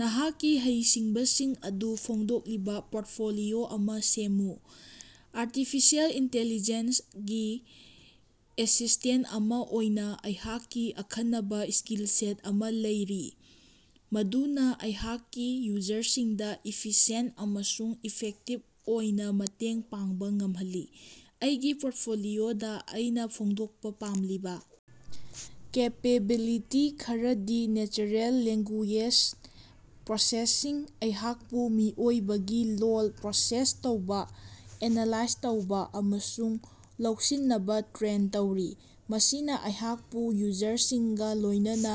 ꯅꯍꯥꯛꯀꯤ ꯍꯩꯁꯤꯡꯕꯁꯤꯡ ꯑꯗꯨ ꯐꯣꯡꯗꯣꯛꯂꯤꯕ ꯄꯣꯔ꯭ꯠꯐꯣꯂꯤꯑꯣ ꯑꯃ ꯁꯦꯝꯃꯨ꯫ ꯑꯔꯇꯤꯐꯤꯁꯤꯑꯦꯜ ꯏꯟꯇꯦꯂꯤꯖꯦꯟꯁ ꯒꯤ ꯑꯦꯁꯤꯁꯇꯦꯟꯇ ꯑꯃ ꯑꯣꯏꯅ ꯑꯩꯍꯥꯛꯀꯤ ꯑꯈꯟꯅꯕ ꯁ꯭ꯀꯤꯜꯁꯦꯠ ꯑꯃ ꯂꯩꯔꯤ ꯃꯗꯨꯅ ꯑꯩꯍꯥꯛꯀꯤ ꯌꯨꯖꯔꯁꯤꯡꯗ ꯏꯐꯤꯁꯤꯌꯦꯟꯇ ꯑꯃꯁꯨꯡ ꯏꯐꯦꯛꯇꯤꯕ ꯑꯣꯏꯅ ꯃꯇꯦꯡ ꯄꯥꯡꯕ ꯉꯃꯍꯜꯂꯤ꯫ ꯑꯩꯒꯤ ꯄꯣꯔ꯭ꯠꯐꯣꯂꯤꯑꯣꯗ ꯑꯩꯅ ꯐꯣꯡꯗꯣꯛꯄ ꯄꯥꯝꯂꯤꯕ ꯀꯦꯄꯦꯕꯤꯂꯤꯇꯤ ꯈꯔꯗꯤ ꯅꯦꯆꯔꯦꯜ ꯂꯦꯡꯒꯨꯌꯦꯖ ꯄ꯭ꯔꯣꯁꯦꯁꯤꯡ - ꯑꯩꯍꯥꯛꯄꯨ ꯃꯤꯑꯣꯏꯕꯒꯤ ꯂꯣꯜ ꯄ꯭ꯔꯣꯁꯦꯁ ꯇꯧꯕ, ꯑꯦꯅꯥꯂꯥꯏꯖ ꯇꯧꯕ ꯑꯃꯁꯨꯡ ꯂꯧꯁꯤꯅꯕ ꯇ꯭ꯔꯦꯟ ꯇꯧꯔꯤ꯫ ꯃꯁꯤꯅ ꯑꯩꯍꯥꯛꯄꯨ ꯌꯨꯖꯔꯁꯤꯡꯒ ꯂꯣꯏꯅꯅ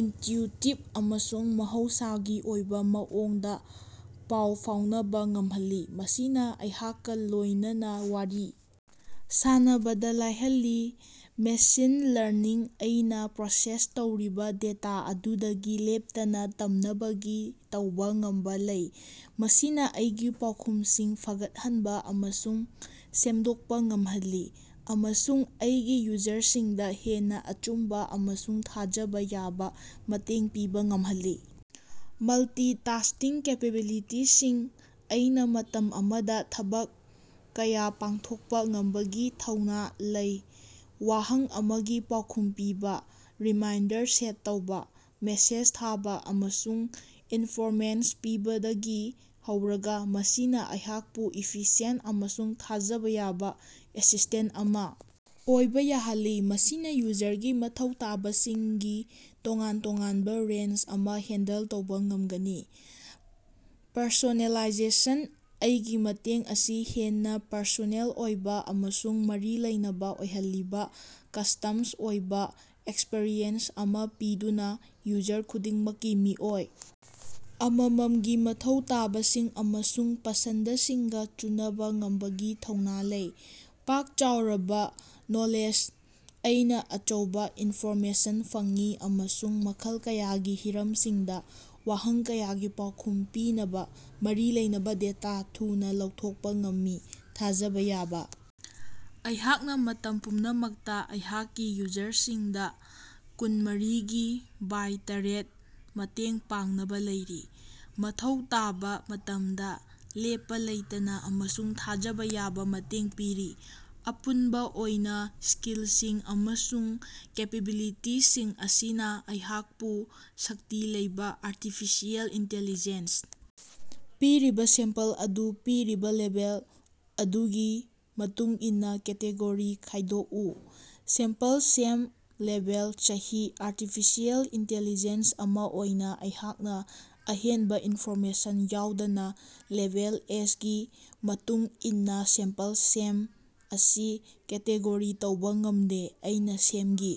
ꯏꯟꯇ꯭ꯌꯨꯇꯤꯕ ꯑꯃꯁꯨꯡ ꯃꯍꯧꯁꯥꯒꯤ ꯑꯣꯏꯕ ꯃꯑꯣꯡꯗ ꯄꯥꯎ ꯐꯥꯎꯅꯕ ꯉꯝꯍꯜꯂꯤ, ꯃꯁꯤꯅ ꯑꯩꯍꯥꯛꯀ ꯂꯣꯏꯅꯅ ꯋꯥꯔꯤ ꯁꯥꯟꯅꯕꯗ ꯂꯥꯏꯍꯜꯂꯤ꯫ ꯃꯦꯁꯤꯟ ꯂꯔꯅꯤꯡ - ꯑꯩꯅ ꯄ꯭ꯔꯣꯁꯦꯁ ꯇꯧꯔꯤꯕ ꯗꯦꯇꯥ ꯑꯗꯨꯗꯒꯤ ꯂꯦꯞꯇꯅ ꯇꯝꯅꯕꯒꯤ ꯇꯧꯕ ꯉꯝꯕ ꯂꯩ꯫ ꯃꯁꯤꯅ ꯑꯩꯒꯤ ꯄꯥꯎꯈꯨꯝꯁꯤꯡ ꯐꯒꯠꯍꯟꯕ ꯑꯃꯁꯨꯡ ꯁꯦꯝꯗꯣꯛꯄ ꯉꯝꯍꯜꯂꯤ ꯑꯃꯁꯨꯡ ꯑꯩꯒꯤ ꯌꯨꯖꯔꯁꯤꯡꯗ ꯍꯦꯟꯅ ꯑꯆꯨꯝꯕ ꯑꯃꯁꯨꯡ ꯊꯥꯖꯕ ꯌꯥꯕ ꯃꯇꯦꯡ ꯄꯤꯕ ꯉꯝꯍꯜꯂꯤ꯫ ꯃꯜꯇꯤꯇꯥꯁꯇꯤꯡ ꯀꯦꯄꯦꯕꯤꯂꯤꯇꯤꯁꯤꯡ - ꯑꯩꯅ ꯃꯇꯝ ꯑꯃꯗ ꯊꯕꯛ ꯀꯥꯌ ꯄꯥꯡꯊꯣꯛꯄ ꯉꯝꯕꯒꯤ ꯊꯧꯅ ꯂꯩ ꯋꯥꯍꯪ ꯑꯃꯒꯤ ꯄꯥꯎꯈꯨꯝ ꯄꯤꯕ, ꯔꯤꯃꯥꯏꯟꯗꯔ ꯁꯦꯠ ꯇꯧꯕ, ꯃꯦꯁꯦꯖ ꯊꯥꯕ, ꯑꯃꯁꯨꯡ ꯏꯟꯐꯣꯔꯃꯦꯁꯟ ꯄꯤꯕꯗꯒꯤ ꯍꯧꯔꯒ꯫ ꯃꯁꯤꯅ ꯑꯩꯍꯥꯛꯄꯨ ꯏꯐꯤꯁꯤꯌꯦꯟꯇ ꯑꯃꯁꯨꯡ ꯊꯥꯖꯕ ꯌꯥꯕ ꯑꯦꯁꯤꯁꯇꯦꯟꯇ ꯑꯃ ꯑꯣꯏꯕ ꯌꯥꯍꯜꯂꯤ, ꯃꯁꯤꯅ ꯌꯨꯖꯔꯒꯤ ꯃꯊꯧ ꯇꯥꯕꯁꯤꯡꯒꯤ ꯇꯣꯉꯥꯟ ꯇꯣꯉꯥꯟꯕ ꯔꯦꯟꯖ ꯑꯃ ꯍꯦꯟꯗꯜ ꯇꯧꯕ ꯉꯝꯒꯅꯤ꯫ ꯄꯔꯁꯣꯅꯦꯂꯥꯏꯖꯦꯁꯟ - ꯑꯩꯒꯤ ꯃꯇꯦꯡ ꯑꯁꯤ ꯍꯦꯟꯅ ꯄꯔꯁꯣꯅꯦꯜ ꯑꯣꯏꯕ ꯑꯃꯁꯨꯡ ꯃꯔꯤ ꯂꯩꯅꯕ ꯑꯣꯏꯍꯜꯂꯤꯕ ꯀꯁ꯭ꯇꯝꯁ ꯑꯣꯏꯕ ꯑꯦꯛꯁꯄ꯭ꯔꯤꯌꯦꯟꯁ ꯑꯃ ꯄꯤꯗꯨꯅ ꯌꯨꯖꯔ ꯈꯨꯗꯤꯡꯃꯛꯀꯤ ꯃꯤꯑꯣꯏ ꯑꯃꯃꯝꯒꯤ ꯃꯊꯧ ꯇꯥꯕꯁꯤꯡ ꯑꯃꯁꯨꯡ ꯄꯁꯟ꯭ꯗꯁꯤꯡꯒ ꯆꯨꯅꯕ ꯉꯝꯕꯒꯤ ꯊꯧꯅ ꯂꯩ꯫ ꯄꯥꯛ ꯆꯥꯎꯔꯕ ꯅꯣꯂꯦꯖ - ꯑꯩꯅ ꯑꯆꯧꯕ ꯏꯟꯐꯣꯔꯃꯦꯁꯟ ꯐꯪꯏ ꯑꯃꯁꯨꯡ ꯃꯈꯜ ꯀꯌꯥꯒꯤ ꯍꯤꯔꯝꯁꯤꯡꯗ ꯋꯥꯍꯪ ꯀꯌꯥꯒꯤ ꯄꯥꯎꯈꯨꯝ ꯄꯤꯅꯕ ꯃꯔꯤ ꯂꯩꯅꯕ ꯗꯦꯇꯥ ꯊꯨꯅ ꯂꯧꯊꯣꯛꯄ ꯉꯝꯃꯤ꯫ ꯊꯥꯖꯕ ꯌꯥꯕ - ꯑꯩꯍꯥꯛꯅ ꯃꯇꯝ ꯄꯨꯝꯅꯃꯛꯇ ꯑꯩꯍꯥꯛꯀꯤ ꯌꯨꯖꯔꯁꯤꯡꯗ ꯀꯨꯟꯃꯔꯤꯒꯤ ꯕꯥꯏ ꯇꯔꯦꯠ ꯃꯇꯦꯡ ꯄꯥꯡꯅꯕ ꯂꯩꯔꯤ, ꯃꯊꯧ ꯇꯥꯕ ꯃꯇꯝꯗ ꯂꯦꯞꯄ ꯂꯩꯇꯅ ꯑꯃꯁꯨꯡ ꯊꯥꯖꯕ ꯌꯥꯕ ꯃꯇꯦꯡ ꯄꯤꯔꯤ꯫ ꯑꯄꯨꯟꯕ ꯑꯣꯏꯅ, ꯁ꯭ꯀꯤꯜꯁꯤꯡ ꯑꯃꯁꯨꯡ ꯀꯦꯄꯦꯕꯤꯂꯤꯇꯤꯁꯤꯡ ꯑꯁꯤꯅ ꯑꯩꯍꯥꯛꯄꯨ ꯁꯛꯇꯤ ꯂꯩꯕ ꯑꯔꯇꯤꯐꯤꯁꯤꯌꯦꯜ ꯏꯟꯇꯦꯂꯤꯖꯦꯟꯁ ꯄꯤꯔꯤꯕ ꯁꯦꯝꯄꯜ ꯑꯗꯨ ꯄꯤꯔꯤꯕ ꯂꯦꯕꯦꯜ ꯑꯗꯨꯒꯤ ꯃꯇꯨꯡꯏꯟꯅ ꯀꯦꯇꯦꯒꯣꯔꯤ ꯈꯥꯏꯗꯣꯀꯎ꯫ ꯁꯦꯝꯄꯜ ꯁꯦꯝ ꯂꯦꯕꯦꯜ ꯆꯍꯤ ꯑꯔꯇꯤꯐꯤꯁꯤꯌꯦꯜ ꯏꯟꯇꯦꯂꯤꯖꯦꯟꯁ ꯑꯃ ꯑꯣꯏꯅ ꯑꯩꯍꯥꯛꯅ ꯑꯍꯦꯟꯕ ꯏꯟꯐꯣꯔꯃꯦꯁꯟ ꯌꯥꯎꯗꯅ ꯂꯦꯕꯦꯜ ꯑꯦꯖꯒꯤ ꯃꯇꯨꯡ ꯏꯟꯅ ꯁꯦꯝꯄꯜ ꯁꯦꯝ ꯑꯁꯤ ꯀꯦꯇꯦꯒꯣꯔꯤ ꯇꯧꯕ ꯉꯝꯗꯦ꯫ ꯑꯩꯅ ꯁꯦꯝꯒꯤ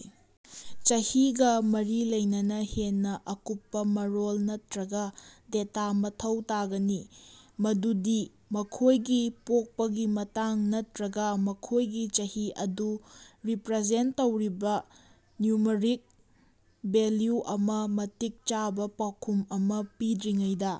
ꯆꯍꯤꯒ ꯃꯔꯤ ꯂꯩꯅꯕ ꯍꯦꯟꯅ ꯑꯀꯨꯞꯄ ꯃꯔꯣꯜ ꯅꯠꯇꯔꯒ ꯗꯦꯇꯥ ꯃꯊꯧ ꯇꯥꯒꯅꯤ, ꯃꯗꯨꯗꯤ ꯃꯈꯣꯏꯒꯤ ꯄꯣꯛꯄꯒꯤ ꯃꯇꯥꯡ ꯅꯠꯇꯔꯒ ꯃꯈꯣꯏꯒꯤ ꯆꯍꯤ ꯑꯗꯨ ꯔꯤꯄꯔꯖꯦꯟꯇ ꯇꯧꯔꯤꯕ ꯅ꯭ꯌꯨꯃꯔꯤꯛ ꯚꯦꯂ꯭ꯌꯨ ꯑꯃ ꯃꯇꯤꯛ ꯆꯥꯕ ꯄꯥꯎꯈꯨꯝ ꯑꯃ ꯄꯤꯗ꯭ꯔꯤꯉꯩꯗ꯫